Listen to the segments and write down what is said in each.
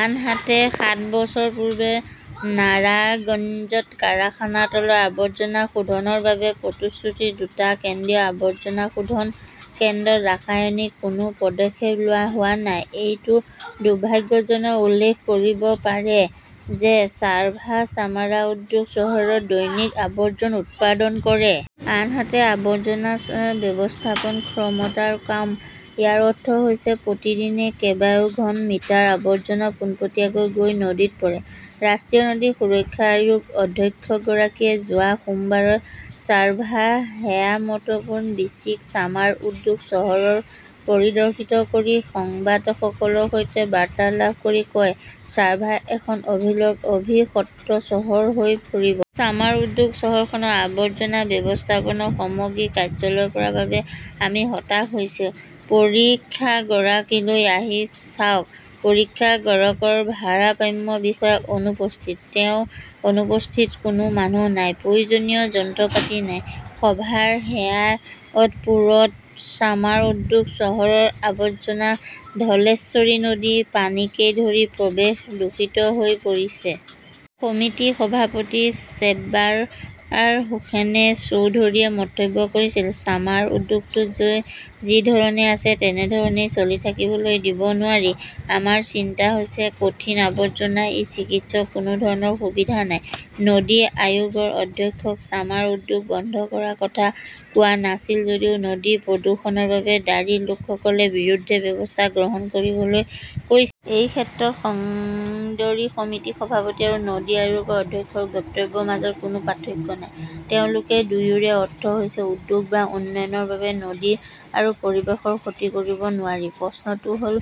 আনহাতে, সাত বছৰ পূৰ্বে নাৰায়ণগঞ্জত কাৰখানাৰ তৰল আৱৰ্জনা শোধনৰ বাবে প্ৰটোস্তোতি দুটা কেন্দ্ৰীয় আৱৰ্জনা শোধন কেন্দ্ৰৰ ৰূপায়ণৰ কোনো পদক্ষেপ লোৱা হোৱা নাই। এইটো দুৰ্ভাগ্যজনক। উল্লেখ কৰিব পাৰি যে চাভাৰৰ চামৰা উদ্যোগে চহৰত দৈনিকআৱৰ্জনা উৎপাদন কৰে। আনহাতে, আৱৰ্জনা ব্যৱস্থাপন ক্ষমতা কম। ইয়াৰ অৰ্থ হৈছে প্ৰতিদিনে কেইবা ঘন মিটাৰ আৱৰ্জনা পোনপটীয়াকৈ গৈ নদীত পৰে। ৰাষ্ট্ৰীয় নদী সুৰক্ষা আয়োগৰ অধ্যক্ষগৰাকীয়ে যোৱা সোমবাৰে ছাভাৰৰ হেমায়তপুৰত বিচিক চামৰা উদ্যোগ চহৰ পৰিদৰ্শন কৰি সংবাদদাতাসকলৰ সৈতে বাৰ্তালাপ কৰি কয়, ছাভাৰ এখন অভিশপ্ত চহৰ হৈ পৰিব। চামাৰ উদ্যোগ চহৰখনৰ আৱৰ্জনা ব্যৱস্থাপনাৰ সামগ্ৰিক কাৰ্যকলাপৰ বাবে আমি হতাশ হৈছো। পৰীক্ষাগাৰলৈ আহি চাওক, পৰীক্ষাগাৰৰ ভাৰপ্ৰাপ্ত বিষয়া অনুপস্থিত। তেওঁৰ অনুপস্থিতিত কোনো মানুহ নাই। প্ৰয়োজনীয় যন্ত্ৰপাতি নাই। সাভাৰৰ হেমায়তপুৰত চামৰা উদ্যোগ চহৰৰ আৱৰ্জনাত ধলেশ্বৰী নদীৰ পানীকে ধৰি পৰিৱেশ দূষিত হৈ পৰিছে। সমিতিৰ সভাপতি চেবাৰ হোসেনে চৌধুৰীয়ে মন্তব্য কৰিছিল, চামৰা উদ্যোগটো যি ধৰণে আছে তেনে ধৰণে চলি থাকিবলৈ দিব নোৱাৰি। আমাৰ চিন্তা হৈছে কঠিন আৱৰ্জনা। এই চিকিৎসাৰ কোনো ধৰণৰ সুবিধা নাই। নদী আয়োগৰ অধ্যক্ষই চামৰা উদ্যোগ বন্ধ কৰাৰ কথা কোৱা নাছিল যদিও নদী প্ৰদূষণৰ বাবে দায়ী লোকসকলৰ বিৰুদ্ধে ব্যৱস্থা গ্ৰহণ কৰিবলৈ কৈছিল। সেই ক্ষেত্ৰত সংদৰীয় সমিতিৰ সভাপতি আৰু নদী আয়োগৰ অধ্যক্ষৰ বক্তব্যৰ মাজত কোনো পাৰ্থক্য নাই। তেওঁলোক দুয়োৰে অৰ্থ হৈছে উদ্যোগ বা উন্নয়নৰ বাবে নদী আৰু পৰিৱেশৰ ক্ষতি কৰিব নোৱাৰি। প্ৰশ্নটো হ'ল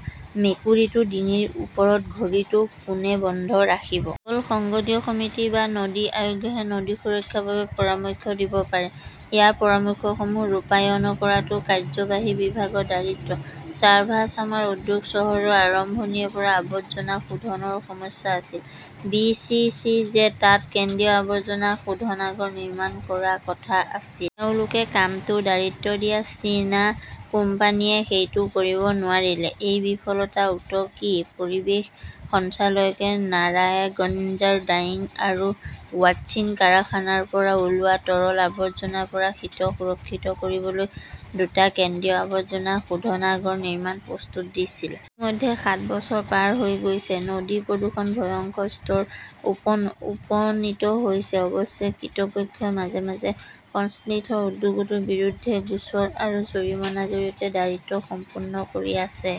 মেকুৰীটোৰ ডিঙিৰ ওপৰত ঘড়ীটো কোনে বান্ধি ৰাখিব? কেৱল সংসদীয় সমিতি বা নদী আয়োগেহে নদী সুৰক্ষাৰ বাবে পৰামৰ্শ দিব পাৰে। এই পৰামৰ্শসমূহ ৰূপায়ণ কৰাটো কাৰ্যবাহী বিভাগৰ দায়িত্ব। ছাভাৰৰ চামৰা উদ্যোগ চহৰত আৰম্ভণিৰে পৰাই আৱৰ্জনা শোধনৰ সমস্যা আছিল। বি. চি. চি. -য়ে তাত কেন্দ্ৰীয় আৱৰ্জনা শোধনাগাৰ নিৰ্মাণ কৰাৰ কথা আছিল। তেওঁলোকে কামটোৰ দায়িত্ব দিয়া চীনা কোম্পানীয়ে সেইটো কৰিব নোৱাৰিলে। এই বিফলতাৰ উত্তৰ কি? পৰিৱেশ সঞ্চালকালয়ে নাৰায়ণগঞ্জৰ ডাইং আৰু ৱাশ্বিং কাৰখানাৰ পৰা ওলোৱা তৰল আৱৰ্জনাৰ পৰা শীতলক সুৰক্ষিত কৰিবলৈ দুটা কেন্দ্ৰীয় আৱৰ্জনা শোধনাগাৰ নিৰ্মাণৰ প্ৰস্তাৱ দিছিল। ইতিমধ্যে সাত বছৰ পাৰ হৈ গৈছে। নদীৰ প্ৰদূষণ ভয়ংকৰ স্তৰত উপনীত হৈছে। অৱশ্যে, কৰ্তৃপক্ষই মাজে মাজে সংশ্লিষ্ট উদ্যোগটোৰ বিৰুদ্ধে গোচৰ আৰু জৰিমনাৰ জৰিয়তে দায়িত্ব সম্পূৰ্ণ কৰি আছে।